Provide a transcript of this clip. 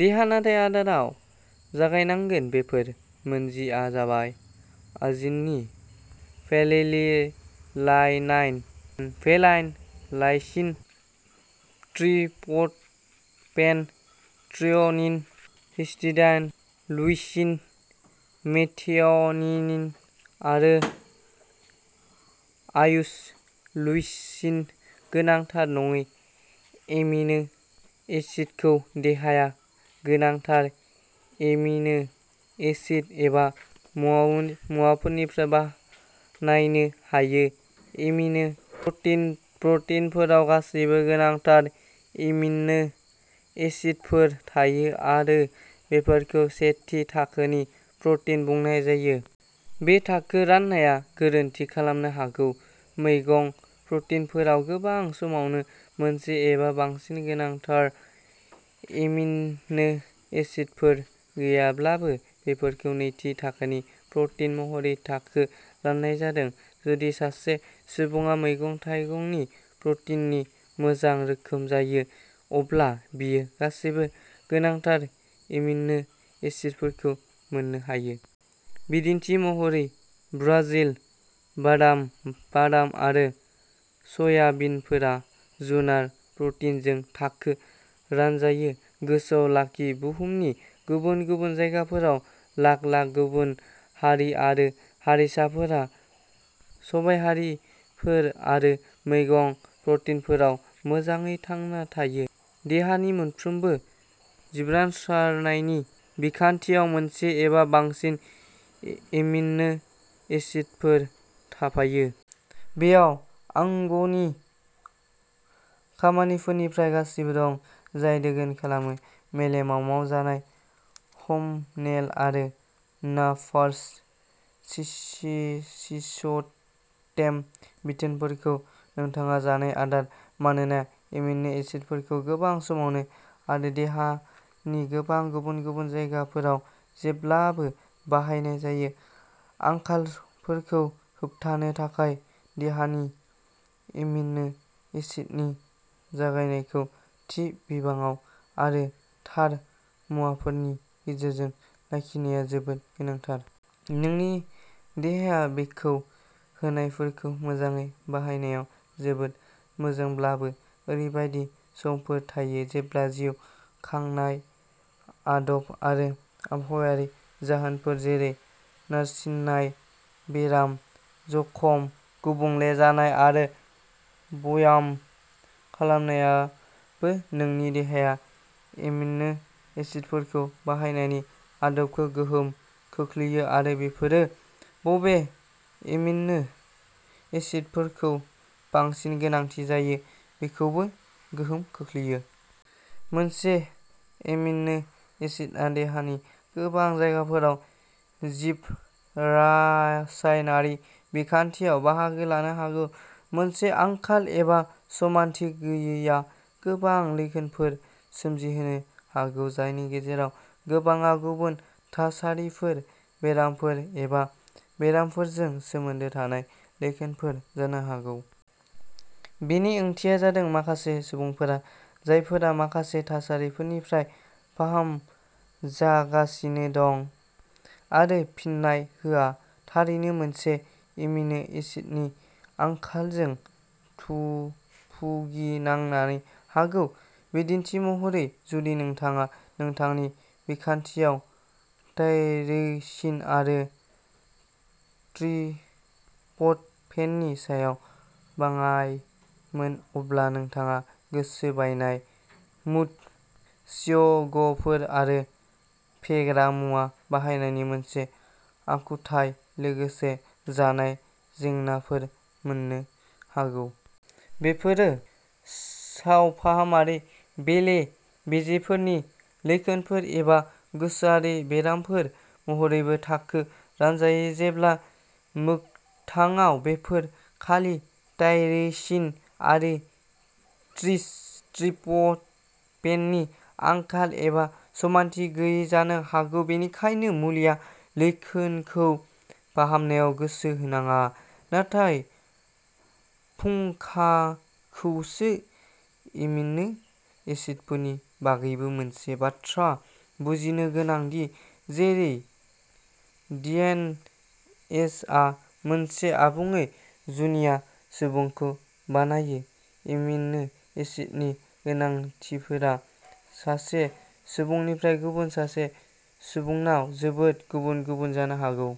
देहा, नाथाय आदाराव जगायनांगोन। बेफोर मोन जि आ जाबाय arginine, phenylalanine, valine, lysine, tryptophan, threonine, histidine, leucine, methionine आरो आइस'ल्युसिन। गोनांथार नङै एमिनो एसिडफोरखौ देहाया गोनांथार एमिनो एसिड एबा मुवा मुवाफोरनिफ्राय बानायनो हायो। एमिनो प्रटिन प्रटिनफोराव गासैबो गोनांथार एमिनो एसिडफोर थायो आरो बेफोरखौ "सेथि थाखोनि" प्रटिन बुंनाय जायो। बे थाखो राननाया गोरोन्थि खालामनो हागौ। मैगं प्रटिनफोराव गोबां समावनो मोनसे एबा बांसिन गोनांथार एमिनो एसिडफोर गैयाब्लाबो, बेफोरखौ "नैथि थाखोनि" प्रटिन महरै थाखो राननाय जादों। जुदि सासे सुबुङा मैगं-थाइगंनि प्रटिननि मोजां रोखोम जायो, अब्ला बियो गासैबो गोनांथार एमिनो एसिडफोरखौ मोननो हायो। बिदिन्थि महरै, ब्राजिल बादाम, बादाम आरो सयाबिनफोरा जुनार प्रटिनजों थाखो रानजायो। गोसोआव लाखि, बुहुमनि गुबुन गुबुन जायगाफोराव लाख-लाख गुबुन हारि आरो हारिसाफोरा सबायहारिफोर आरो मैगं प्रटिनफोराव मोजाङै थांना थायो। देहानि मोनफ्रोमबो जिबरासायनारि बिखान्थियाव मोनसे एबा बांसिन एमिनो एसिडफोर थाफायो। बेयाव अंगनि खामानिफोरनिफ्राय गासैबो दं जाय दोगोन खालामो। मेलेमाव मावजानाय हर्म'नेल आरो नार्भास सिस्टेम बिथोनफोरखौ नोंथाङा जानाय आदार। मानोना एमिनो एसिडफोरखौ गोबां समावनो आरो देहानि गोबां गुबुन-गुबुन जायगाफोराव जेब्लाबो बाहायनाय जायो, आंखालफोरखौ होबथानो थाखाय देहानि एमिनो एसिडनि जगायनायखौ, थि बिबाङाव आरो थार मुवाफोरनि गेजेरजों लाखिनाया जोबोद गोनांथार। नोंनि देहाया बेखौ होनायफोरखौ मोजाङै बाहायनायाव जोबोद मोजांब्लाबो, ओरैबायदि समफोर थायो जेब्ला जिउ खुंनाय आदब आरो आबहावायारि जाहोनफोर जेरै नारसिननाय, बेराम, जखम, गुबुंले जानाय आरो ब्याम खालामनायाबो नोंनि देहाया एमिनो एसिडफोरखौ बाहायनायनि आदबखौ गोहोम खोख्लैयो आरो बेफोरो बबे एमिनो एसिडफोरखौ बांसिन गोनांथि जायो बेखौबो गोहोम खोख्लैयो। मोनसे एमिनो एसिडआ देहानि गोबां जायगाफोराव जिबरासायनारि बिखान्थियाव बाहागो लानो हागौ, मोनसे आंखाल एबा समानथि गैयैआ गोबां लैखोनफोर सोमजिहोनो हागौ, जायनि गेजेराव गोबांआ गुबुन थासारिफोर, बेरामफोर एबा बेरामफोरजों सोमोन्दो थानाय लैखोनफोर जानो हागौ। बेनि ओंथिया जादों माखासे सुबुंफोरा जायफोरा माखासे थासारिफोरनिफ्राय फाहामजागासिनो दं, आरो फिन्नाय होआ, थारैनो मोनसे एमिनो एसिडनि आंखालजों भुगिनांनो हागौ। बिदिन्थि महरै, जुदि नोंथाङा नोंथांनि बिखान्थियाव टायरोसिन आरो ट्रिप्ट'फेननि सायाव बाङायमोन, अब्ला नोंथाङा गोसो बायनाय, मुड स्विंगफोर, आरो फेग्रा मुवा बाहायनायनि मोनसे आखुथाय, लोगोसे जानाय जेंनाफोर मोननो हागौ। बेफोरो सावफाहामारि बेले-बेजेफोरनि लैखोनफोर, एबा गोसोआरि बेरामफोर महरैबो थाखो रानजायो, जेब्ला मोगथाङाव बेफोर खालि टायरोसिन आरो ट्रिप्ट'फेननि आंखाल एबा समानथि गैयै जानो हागौ। बेनिखायनो मुलिआ लैखोनखौ फाहामनायाव गोसो होनाङा, नाथाय फुंखाखौसो। एमिनो एसिडफोरनि बागैबो मोनसे बाथ्रा बुजिनो गोनां दि, जेरै डिएनएआ मोनसे आबुङै जुनिया सुबुंखौ बानायो, एमिनो एसिडनि गोनांथिफोरा सासे सुबुंनिफ्राय गुबुन सासे सुबुंनाव जोबोद गुबुन-गुबुन जानो हागौ।